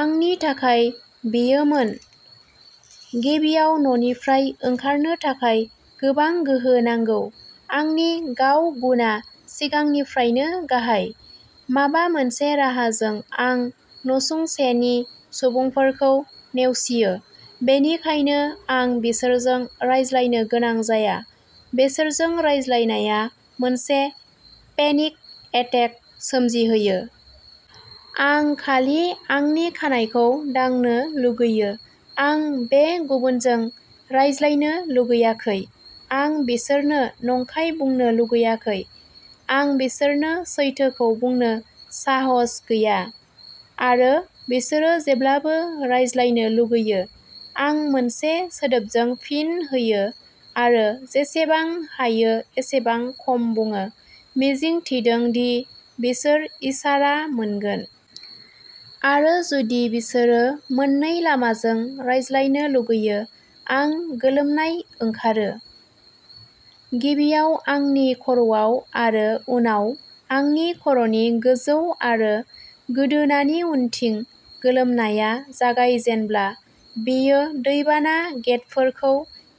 आंनि थाखाय बेयोमोन। गिबियाव न'निफ्राय ओंखारनो थाखाय गोबां गोहो नांगौ। आंनि गाव-गुनआ सिगांनिफ्रायनो गाहाय। माबा मोनसे राहाजों आं नसुंसेनि सुबुंफोरखौ नेवसियो, बेनिखायनो आं बिसोरजों रायज्लायनो गोनां जाया। बिसोरजों रायज्लायनाया मोनसे पेनिक एटेक सोमजिहोयो। आं खालि आंनि खानाइखौ दाननो लुगैयो। आं बे गुबुनजों रायज्लायनो लुगैयाखै। आं बिसोरनो नंखाय बुंनो लुगैयाखै। आं बिसोरनो सैथोखौ बुंनो साहास गैया। आरो बिसोरो जेब्लाबो रायज्लायनो लुगैयो। आं मोनसे सोदोबजों फिन होयो आरो जेसेबां हायो एसेबां खम बुङो, मिजिं थिदों दि बिसोर इसारा मोनगोन। आरो जुदि बिसोरो मोन्नै लामाजों रायज्लायनो लुगैयो, आं गोलोमनाय ओंखारो। गिबियाव आंनि खर'आव आरो उनाव आंनि खर'नि गोजौ आरो गोदोनानि उनथिं। गोलोमनाया जागाय जेनब्ला बेयो दैबाना गेटफोरखौ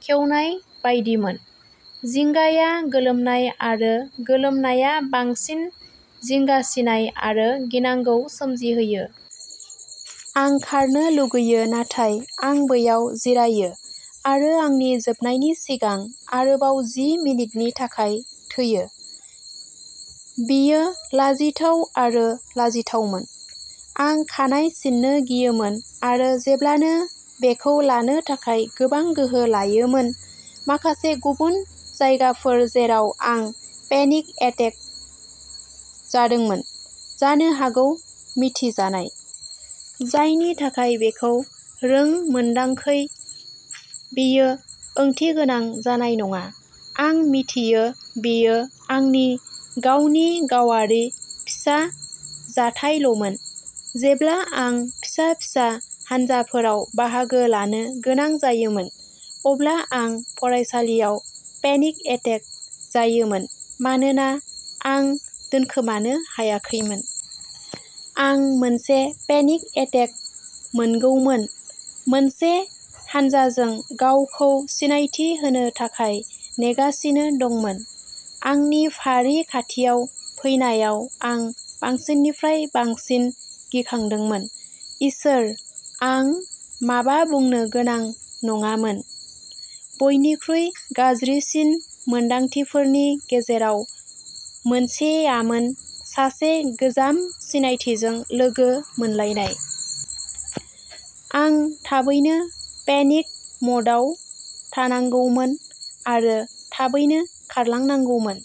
खेवनाय बायदिमोन। जिंगाया गोलोमनाय आरो गोलोमनाया बांसिन जिंगासिनाय आरो गिनांगौ सोमजिहोयो। आं खारनो लुगैयो नाथाय आं बैयाव जिरायो आरो आंनि जोबनायनि सिगां आरोबाव जि मिनिटनि थाखाय थैयो। बेयो लाजिथाव आरो लाजिथावमोन। आं खानाय सिननो गियोमोन आरो जेब्लानो बेखौ लानो थाखाय गोबां गोहो लायोमोन। माखासे गुबुन जायगाफोर जेराव आं पेनिक एटेक जादोंमोन, जानो हागौ मिथिजानाय। जायनि थाखाय बेखौ रोंमोन्दांखै, बेयो ओंथिगोनां जानाय नङा। आं मिथियो बेयो आंनि गावनि गावारि फिसा जाथायल'मोन। जेब्ला आं फिसा-फिसा हानजाफोराव बाहागो लानो गोनां जायोमोन, अब्ला आं फरायसालियाव पेनिक एटेक जायोमोन मानोना आं दोनखोमानो हायाखैमोन। आं मोनसे पेनिक एटेक मोनगौमोन, मोनसे हानजाजों गावखौ सिनायथि होनो थाखाय नेगासिनो दंमोन। आंनि फारि खाथियाव फैनायाव, आं बांसिननिफ्राय बांसिन गिखांदोंमोन। इसोर, आं माबा बुंनो गोनां नङामोन। बयनिख्रुइ गाज्रिसिन मोन्दांथिफोरनि गेजेराव मोनसेआमोन सासे गोजाम सिनायथिजों लोगो मोनलायनाय। आं थाबैनो पेनिक म'डआव थांनांगौमोन आरो थाबैनो खारलांनांगौमोन।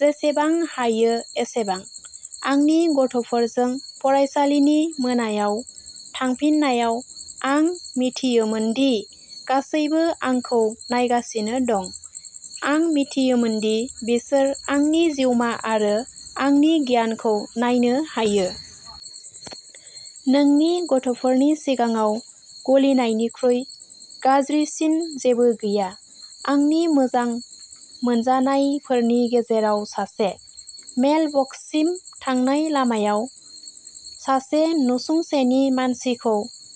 जेसेबां हायो एसेबां। आंनि गथ'फोरजों फरायसालिनि मोनायाव थांफिननायाव आं मिथियोमोन दि गासैबो आंखौ नायगासिनो दं। आं मिथियोमोन दि बिसोर आंनि जिउमा आरो आंनि गियानखौ नायनो हायो। नोंनि गथ'फोरनि सिगाङाव गलिनायनिख्रुइ गाज्रिसिन जेबो गैया। आंनि मोजां मोनजानायफोरनि गेजेराव सासे, मेलबक्ससिम थांनाय लामायाव सासे नसुंसेनि मानसिखौ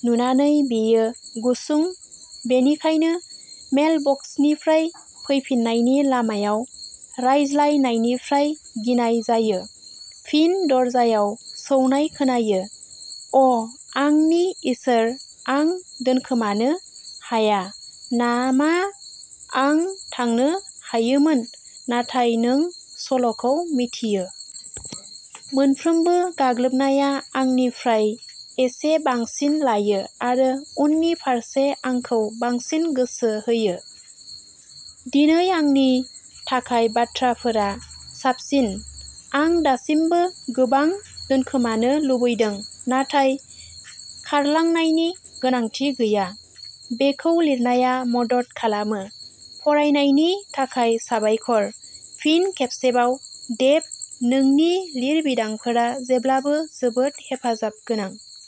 नुनानै बेयो गुसुं, बेनिखायनो मेलबक्सनिफ्राय फैफिन्नायनि लामायाव रायज्लायनायनिफ्राय गिनाय जायो। फिन दरजायाव सौनाय खोनायो। अ' आंनि इसोर, आं दोनखोमानो हाया नामा आं थांनो हायोमोन, नाथाय नों सल'खौ मिथियो। मोनफ्रोमबो गाग्लोबनाया आंनिफ्राय एसे बांसिन लायो आरो उननि फारसे आंखौ बांसिन गोसो होयो। दिनै आंनि थाखाय बाथ्राफोरा साबसिन। आं दासिमबो गोबां दोनखोमानो लुबैदों नाथाय खारलांनायनि गोनांथि गैया। बेखौ लिरनाया मदद खालामो। फरायनायनि थाखाय साबायखर। फिन खेबसेबाव, डेभ नोंनि लिरबिदांफोरा जेब्लाबो जोबोद हेफाजाब गोनां।